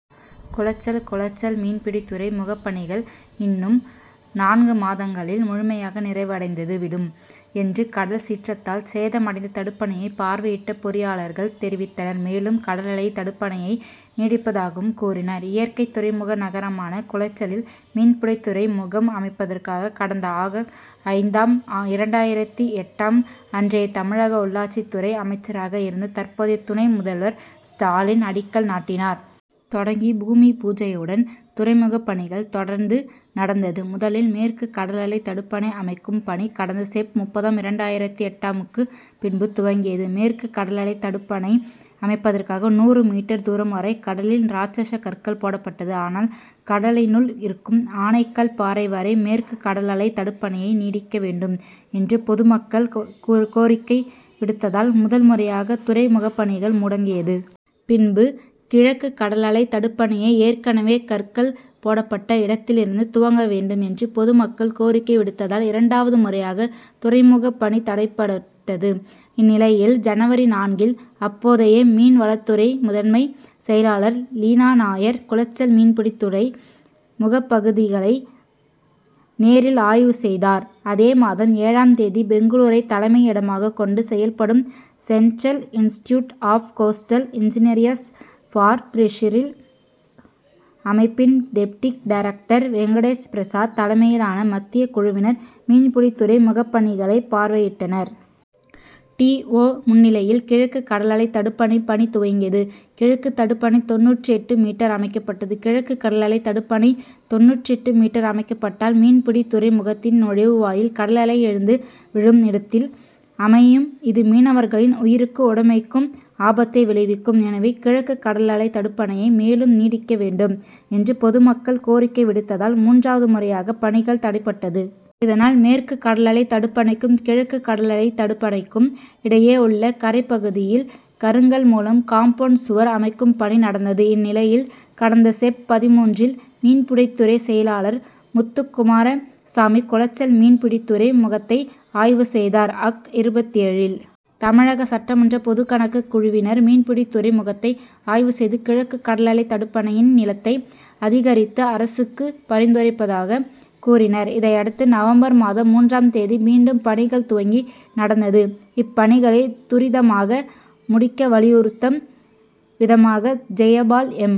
குளச்சல் குளச்சல் மீன்பிடித்துறை முகபணிகள் இன்னும் நான்கு மாதங்களில் முழுமையாக நிறைவடைந்தது விடும் என்று கடல் சீற்றத்தால் சேதமடைந்த தடுப்பணையை பார்வையிட்ட பொறியாளர்கள் தெரிவித்தனர். மேலும் கடலலை தடுப்பணையை நீட்டிப்பதாகவும் கூறினார். இயற்கை துறைமுக நகரமான குளச்சலில் மீன்பிடித்துறை முகம் அமைப்பதற்காக கடந்த ஆக. ஐந்தாம், இரண்டாயிரத்து எட்டாம்ல் அன்றைய தமிழக உள்ளாட்சித்துறை அமைச்சராக இருந்த தற்போதைய துணை முதல்வர் ஸ்டாலின் அடிக்கல் நாட்டினார். தொடங்கி பூமி பூஜையுடன் துறைமுகப்பணிகள் தொடர்ந்து நடந்தது. முதலில் மேற்க்கு கடலலை தடுப்பணை அமைக்கும் பணி கடந்த செப்.முப்பதாம், இரண்டாயிரத்து எட்டாம்க்கு பின்பு துவங்கியது. மேற்க்கு கடலலை தடுப்பணை அமைப்பதற்காக நூறு மீட்டர் தூரம் வரை கடலில் ராட்சஷ கற்கள் போடப்பட்டது. ஆனால் கடலினுள் இருக்கும் ஆனைக்கல் பாறை வரை மேற்க்கு கடலலை தடுப்பணையை நீட்டிக்க வேண்டும் என்று பொது மக்கள் கோர் கோரிக்கை விடுத்ததால் முதல் முறையாக துறை முகப்பணிகள் முடங்கியது. பின்பு கிழக்கு கடலலை தடுப்பணையை ஏற்கனவே கற்கள் போடப்பட்ட இடத்திலிருந்து துவங்க வேண்டும் என்று பொது மக்கள் கோரிக்கை விடுத்ததால் இரண்டாவது முறையாக துறைமுக பணி தடைபட்டது. இந்நிலையில் ஜனவரி நான்கில் அப்போதைய மீன் வளத்துறை முதன்மை செயலாளர் லீனாநாயர் குளச்சல் மீன்பிடித்துறை முகபகுதிகளை நேரில் ஆய்வு செய்தார் அதே மாதம் ஏழாம் தேதி பெங்களூரை தலைமை இடமாக கொண்டு செயல்படும் Central Institute of Coastal Engineering for Fisheries அமைப்பின் டெப்டி டைரக்டர் வெங்கடேச பிரசாத் தலைமையிலான மத்திய குழுவினர் மீன்பிடித்துறை முகபணிகளை பார்வையிட்டனர். டி. ஓ முன்னிலையில் கிழக்கு கடலலை தடுப்பணை பணி துவங்கியது. கிழக்கு தடுப்பணை தொண்ணூற்றெட்டு மீட்டர் அமைக்கப்பட்டது. கிழக்கு கடலலை தடுப்பணை தொண்ணூற்றெட்டு மீட்டர் அமைக்கப்பட்டால் மீன்பிடி துறை முகத்தின் நுழைவு வாயில் கடலலை எழுந்து விழும் இடத்தில் அமையும். இது மீனவர்களின் உயிருக்கும் உடைமைக்கும் ஆபத்தை விளைவிக்கும் எனவே கிழக்கு கடலலை தடுப்பணையை மேலும் நீட்டிக்க வேண்டும் என்று பொது மக்கள் கோரிக்கை விடுத்ததால் மூன்றாவது முறையாக பணிகள் தடைப்பட்டது. இதனால் மேற்கு கடலலை தடுப்பணைக்கும், கிழக்கு கடலலை தடுப்பணைக்கும் இடையே உள்ள கரை பகுதியில் கருங்கல் மூலம் காம்பவுண்டு சுவர் அமைக்கும் பணி நடந்தது. இந்நிலையில் கடந்த செப்.பதின்மூன்றில் மீன்பிடித்துறை செயலாளர் முத்து குமார சாமி குளச்சல் மீன் பிடித்துறை முகத்தை ஆய்வு செய்தார். அக்.இருபத்தேழில் தமிழக சட்டமன்ற பொதுக் கணக்கு குழுவினர் மீன்பிடித்துறை முகத்தை ஆய்வு செய்து கிழக்கு கடலலை தடுப்பணையின் நீளத்தை அதிகரிக்க அரசுக்கு பரிந்துரைப்பதாக கூறினர். இதையடுத்து நவம்பர் மாதம் மூன்றாம் தேதி மீண்டும் பணிகள் துவங்கி நடந்தது. இப் பணிகளை துரிதமாக முடிக்கவலியுறுத்தம் விதமாக ஜெயபால் எம்.